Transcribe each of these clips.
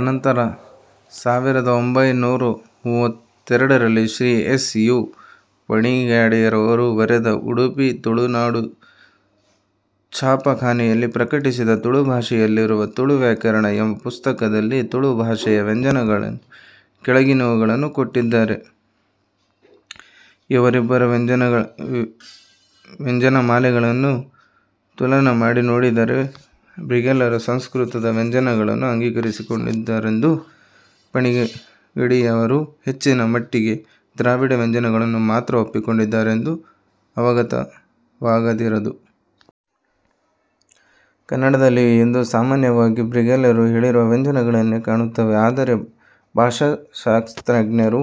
ಅನಂತರ ಸಾವಿರದ ಒಂಭೈನೂರ ಮೂವತ್ತೆರಡರಲ್ಲಿ ಶ್ರೀ ಎಸ್. ಯು. ಪಣಿಯಾಡಿಯವರು ಬರೆದು ಉಡುಪಿ ತುಳುನಾಡು ಛಾಪಖಾನೆಯಲ್ಲಿ ಪ್ರಕಟಿಸಿದ ತುಳು ಭಾಷೆಯಲ್ಲಿರುವ 'ತುಳು ವ್ಯಾಕರಣ' ಎಂಬ ಪುಸ್ತಕದಲ್ಲಿ ತುಳು ಭಾಷೆಯ ವ್ಯಂಜನಗಳೆಂದು ಕೆಳಗಿನವುಗಳನ್ನು ಕೊಟ್ಟಿದ್ದಾರೆ. ಇವರಿಬ್ಬರ ವ್ಯಂಜನಮಾಲೆಗಳನ್ನು ತುಲನೆ ಮಾಡಿ ನೋಡಿದರೆ, ಬ್ರಿಗೆಲ್ಲರು ಸಂಸ್ಕೃತದ ವ್ಯಂಜನಗಳನ್ನು ಅಂಗೀಕರಿಸಿಕೊಂಡಿದ್ದಾರೆಂದೂ ಪಣಿಯಾಡಿಯವರು ಹೆಚ್ಚಿನ ಮಟ್ಟಿಗೆ ದ್ರಾವಿಡ ವ್ಯಂಜನಗಳನ್ನು ಮಾತ್ರ ಒಪ್ಪಿಕೊಂಡಿದ್ದಾರೆಂದೂ ಅವಗತವಾಗದಿರದು. ಕನ್ನಡದಲ್ಲಿಯೂ ಇಂದು ಸಾಮಾನ್ಯವಾಗಿ ಬ್ರಿಗೆಲ್ಲರು ಹೇಳಿರುವ ವ್ಯಂಜನಗಳನ್ನೇ ಕಾಣುತ್ತೇವೆ. ಆದರೆ ಭಾಷಾಶಾಸ್ತ್ರಜ್ಞರು,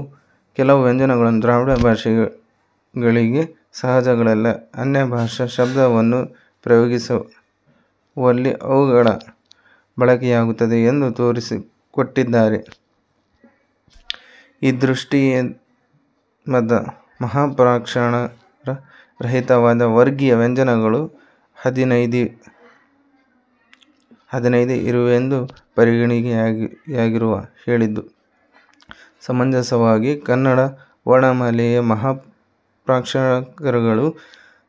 ಕೆಲವು ವ್ಯಂಜನಗಳು ದ್ರಾವಿಡ ಭಾಷೆಗಳಿಗೆ ಸಹಜಗಳಲ್ಲ, ಅನ್ಯಭಾಷಾ ಶಬ್ದಗಳನ್ನು ಪ್ರಯೋಗಿಸುವಲ್ಲಿ ಅವುಗಳ ಬಳಕೆಯಾಗುತ್ತದೆ ಎಂದು ತೋರಿಸಿಕೊಟ್ಟಿದ್ದಾರೆ. ಈ ದೃಷ್ಟಿಯಿಮದ ಮಹಾಪ್ರಾಣಾಕ್ಷರ ರಹಿತವಾದ ವರ್ಗೀಯ ವ್ಯಂಜನಗಳು ಹದಿನೈದೇ ಇರುವುದೆಂದು ಪಣಿಯಾಡಿಯವರು ಹೇಳಿದುದು ಸಮಂಜಸವಾಗಿದೆ. ಕನ್ನಡ ವರ್ಣಮಾಲೆಯಲ್ಲಿ ಮಹಾಪ್ರಾಣಾಕ್ಷರಗಳು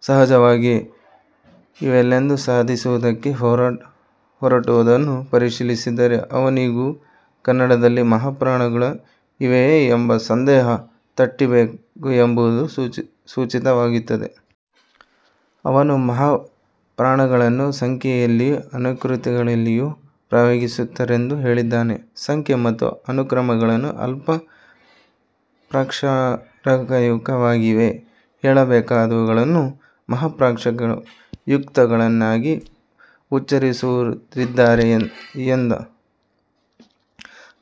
ಸಹಜವಾಗಿಯೇ ಇವೆಯೆಂದು ಸಾಧಿಸುವುದಕ್ಕೆ ಹೊರಟುದನ್ನು ಪರಿಶೀಲಿಸಿದರೆ ಅವನಿಗೂ ಕನ್ನಡದಲ್ಲಿ ಮಹಾಪ್ರಾಣಗಳು ಇವೆಯೇ ಎಂಬ ಸಂದೇಹ ತಟ್ಟಿರಬೇಕು ಎಂಬುದು ಸೂಚಿತವಾಗುತ್ತದೆ. ಅವನು ಮಹಾ ಪ್ರಾಣಗಳನ್ನು ಸಂಖ್ಯೆಯಲ್ಲಿಯೂ ಅನುಕೃತಿಗಳಲ್ಲಿಯೂ ಪ್ರಯೋಗಿಸುತ್ತಾರೆಂದೂ ಹೇಳಿದ್ದಾನೆ. ಸಂಖ್ಯೆ ಮತ್ತು ಅನುಕರಣಗಳನ್ನು ಅಲ್ಪಪ್ರಾಣಾಕ್ಷರಯುಕ್ತವಾಗಿಯೇ ಹೇಳಬೇಕಾದವುಗಳನ್ನು ಮಹಾಪ್ರಾಣಾಕ್ಷರಯುಕ್ತಗಳನ್ನಾಗಿ ಉಚ್ಚರಿಸುವವರಿದ್ದಾರೆ ಎಂದ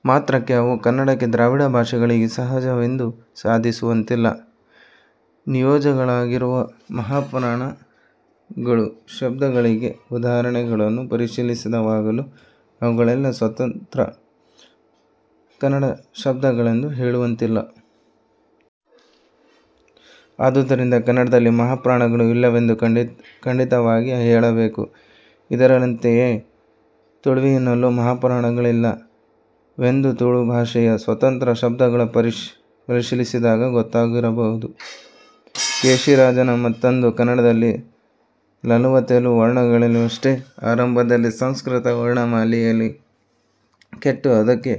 ಮಾತ್ರಕ್ಕೆ ಅವು ಕನ್ನಡಕ್ಕೆ ದ್ರಾವಿಡ ಭಾಷೆಗಳಿಗೆ ಸಹಜವೆಂದು ಸಾಧಿಸುವಂತಿಲ್ಲ. 'ನಿಜೋಜ್ವಳಮಾಗಿ'ರುವ ಮಹಾಪ್ರಾಣ ಗಳುಳ್ಳ ಶಬ್ದಗಳಿಗೆ ಉದಾಹರಣೆಗಳನ್ನು ಪರಿಶೀಲಿಸುವಾಗಲೂ ಅವುಗಳೆಲ್ಲ ಸ್ವತಂತ್ರ ಕನ್ನಡ ಶಬ್ದಗಳೆಂದು ಹೇಳುವಂತಿಲ್ಲ. ಆದುದರಿಂದ ಕನ್ನಡದಲ್ಲಿ ಮಹಾಪ್ರಾಣಗಳು ಇಲ್ಲವೆಂದು ಖಂಡಿತವಾಗಿ ಹೇಳಬೇಕು. ಇದರಂತೆಯೇ ತುಳುವಿನಲ್ಲೂ ಮಹಾಪ್ರಾಣಗಳಿಲ್ಲ ವೆಂದು ತುಳು ಭಾಷೆಯ ಸ್ವತಂತ್ರ ಶಬ್ದಗಳನ್ನು ಪರಿಶೀಲಿಸಿದಾಗ ಗೊತ್ತಾಗದಿರದು. ಕೇಶಿರಾಜನ ಮತದಂತೆ ಕನ್ನಡದಲ್ಲಿ ನಲುವತ್ತೇಳು ವರ್ಣಗಳಿವೆಯಷ್ಟೆ. ಆರಂಭದಲ್ಲಿ ಸಂಸ್ಕೃತ ವರ್ಣಮಾಲೆಯಲ್ಲಿ ಕೊಟ್ಟು ಅದಕ್ಕೆ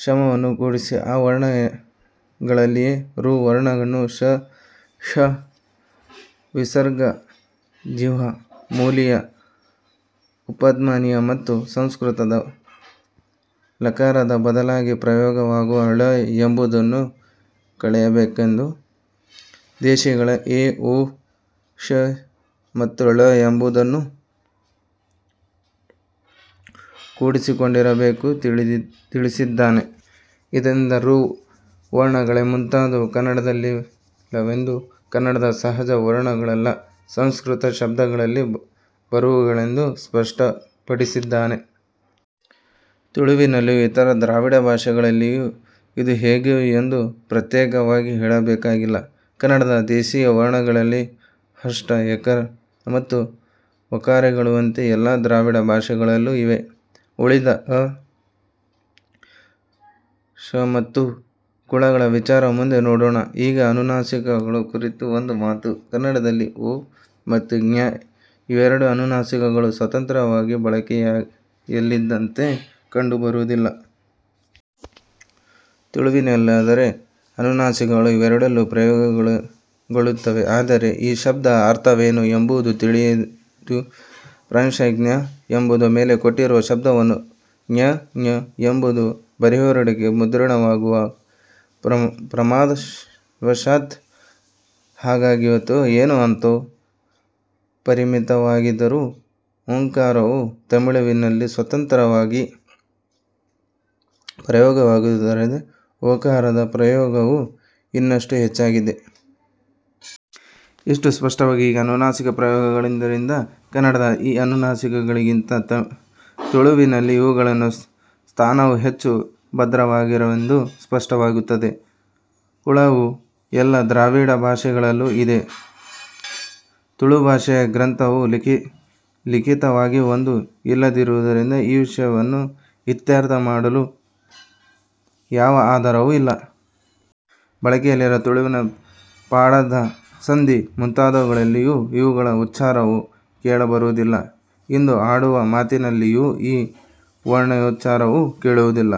ಕ್ಷಳವನ್ನು ಕೂಡಿಸಿ ಆ ವರ್ಣಗಳಲ್ಲಿ ಋ ವರ್ಣಗಳನ್ನು ಶ, ಷ, ವಿಸರ್ಗ, ಜಿಹ್ವಾ ಮೂಲೀಯ ಉಪಧ್ಮಾನೀಯ ಮತ್ತು ಸಂಸ್ಕೃತದ ಲಕಾರದ ಬದಲಾಗಿ ಪ್ರಯೋಗವಾಗುವ ಳ ಎಂಬುದನ್ನೂ ಕಳೆಯಬೇಕೆಂದು ದೇಶೀಯಗಳಾದ ಎ, ಓ, ಱ, ೞ ಮತ್ತು ಳ ಎಂಬವುಗಳನ್ನು ಕೂಡಿಸಿಕೊಳ್ಳಬೇಕೆಂದೂ ತಿಳಿಸಿದ್ದಾನೆ ಇದರಿಂದ ಋ ವರ್ಣಗಳೇ ಮುಂತಾದವು ಕನ್ನಡದಲ್ಲಿಲ್ಲವೆಂದು ಕನ್ನಡದ ಸಹಜ ವರ್ಣಗಳಲ್ಲ, ಸಂಸ್ಕೃತ ಶಬ್ದಗಳಲ್ಲಿ ಬರುವುವುಗಳೆಂದು ಸ್ಪಷ್ಟಪಡಿಸಿದ್ದಾನೆ. ತುಳುವಿನಲ್ಲಿಯೂ ಇತರ ದ್ರಾವಿಡ ಭಾಷೆಗಳಲ್ಲಿಯೂ ಇದು ಹೀಗೆಯೇ ಎಂದು ಪ್ರತ್ಯೇಕವಾಗಿ ಹೇಳಬೇಕಾಗಿಲ್ಲ. ಕನ್ನಡದ ದೇಸೀಯ ವರ್ಣಗಳಲ್ಲಿ ಹ್ರಸ್ಟ ಎಕಾರ ಮತ್ತು ಒಕಾರಗಳಿರುವಂತೆ ಎಲ್ಲ ದ್ರಾವಿಡ ಭಾಷೆಗಳಲ್ಲೂ ಇವೆ. ಉಳಿದ ಅಱ, ಱೞ, ಮತ್ತು ಕುಳಗಳ ವಿಚಾರ ಮುಂದೆ ನೋಡೋಣ. ಈಗ ಅನುನಾಸಿಕಗಳ ಕುರಿತು ಒಂದು ಮಾತು:- ಕನ್ನಡದಲ್ಲಿ ಙ ಮತ್ತು ಞ ಎಂಬೆರಡು ಅನುನಾಸಿಕಗಳು ಸ್ವತಂತ್ರವಾಗಿ ಬಳಕೆಯಲ್ಲಿದ್ದಂತೆ ಕಂಡುಬರುವುದಿಲ್ಲ. ತುಳುವಿನಲ್ಲಾದರೆ ಅನುನಾಸಿಕಗಳೂ ಇವೆರಡೂ ಪ್ರಯೋಗಗೋಳ್ಳುತ್ತವೆ. ಆದರೆ ಈ ಶಬ್ದದ ಅರ್ಥವೇನು ಎಂಬುದು ತಿಳಿಯದು. ಪ್ರಾಯಶಃ ಞಙ್ಙಿ ಎಂದು ಮೇಲೆ ಕೊಟ್ಟಿರುವ ಶಬ್ದವನ್ನು ಞಙ್ ಎಂದು ಬರೆಯಹೊರಟು, ಮುದ್ರಣವಾಗುವಾಗ ಪ್ರಮಾದವಶಾತ್ ಹಾಗಾಯಿತೋ ಏನೋ! ಅಂತೂ ಪರಿಮಿತವಾಗಿಯಾದರೂ ಙಕಾರವು ತುಳುವಿನಲ್ಲಿ ಸ್ವತಂತ್ರವಾಗಿ ಪ್ರಯೋಗವಾಗುವುದಾದರೆ, ಞಕಾರದ ಪ್ರಯೋಗವು ಇನ್ನಷ್ಟು ಹೆಚ್ಚಾಗಿದೆ. ಇಷ್ಟು ಸ್ಪಷ್ಟವಾಗಿ ಈ ಅನುನಾಸಿಕ ಪ್ರಯೋಗವಿರುವುದರಿಂದ ಕನ್ನಡದ ಈ ಅನುನಾಸಿಕಗಳಿಗಿಂತ ತುಳುವಿನಲ್ಲಿ ಇವುಗಳ ಸ್ಥಾನವು ಹೆಚ್ಚು ಭದ್ರವಾದುದೆಂದು ಸ್ಪಷ್ಟವಾಗುತ್ತದೆ. ಕುಳ ವು ಎಲ್ಲ ದ್ರಾವಿಡ ಭಾಷೆಗಳಲ್ಲೂ ಇದೆ. ತುಳು ಭಷೆಯ ಗ್ರಂಥವು ಲಿಖಿತವಾಗಿ ಒಂದು ಇಲ್ಲದಿರುವುದರಿಂದ ಈ ವಿಷಯವನ್ನು ಇತ್ಯರ್ಥ ಮಾಡಲು ಯಾವ ಆಧಾರವೂ ಇಲ್ಲ. ಬಳಕೆಯಲ್ಲಿರುವ ತುಳುವಿನ ಪಾಡ್ದನ, ಸಂಧಿ ಮುಂತಾದವುಗಳಲ್ಲಿಯೂ ಇವುಗಳ ಉಚ್ಚಾರವು ಕೇಳ ಬರುವುದಿಲ್ಲ. ಇಂದು ಆಡುವ ಮಾತಿನಲ್ಲಿಯೂ ಈ ವರ್ಣೋಚ್ಚಾರವು ಕೇಳುವುದಿಲ್ಲ.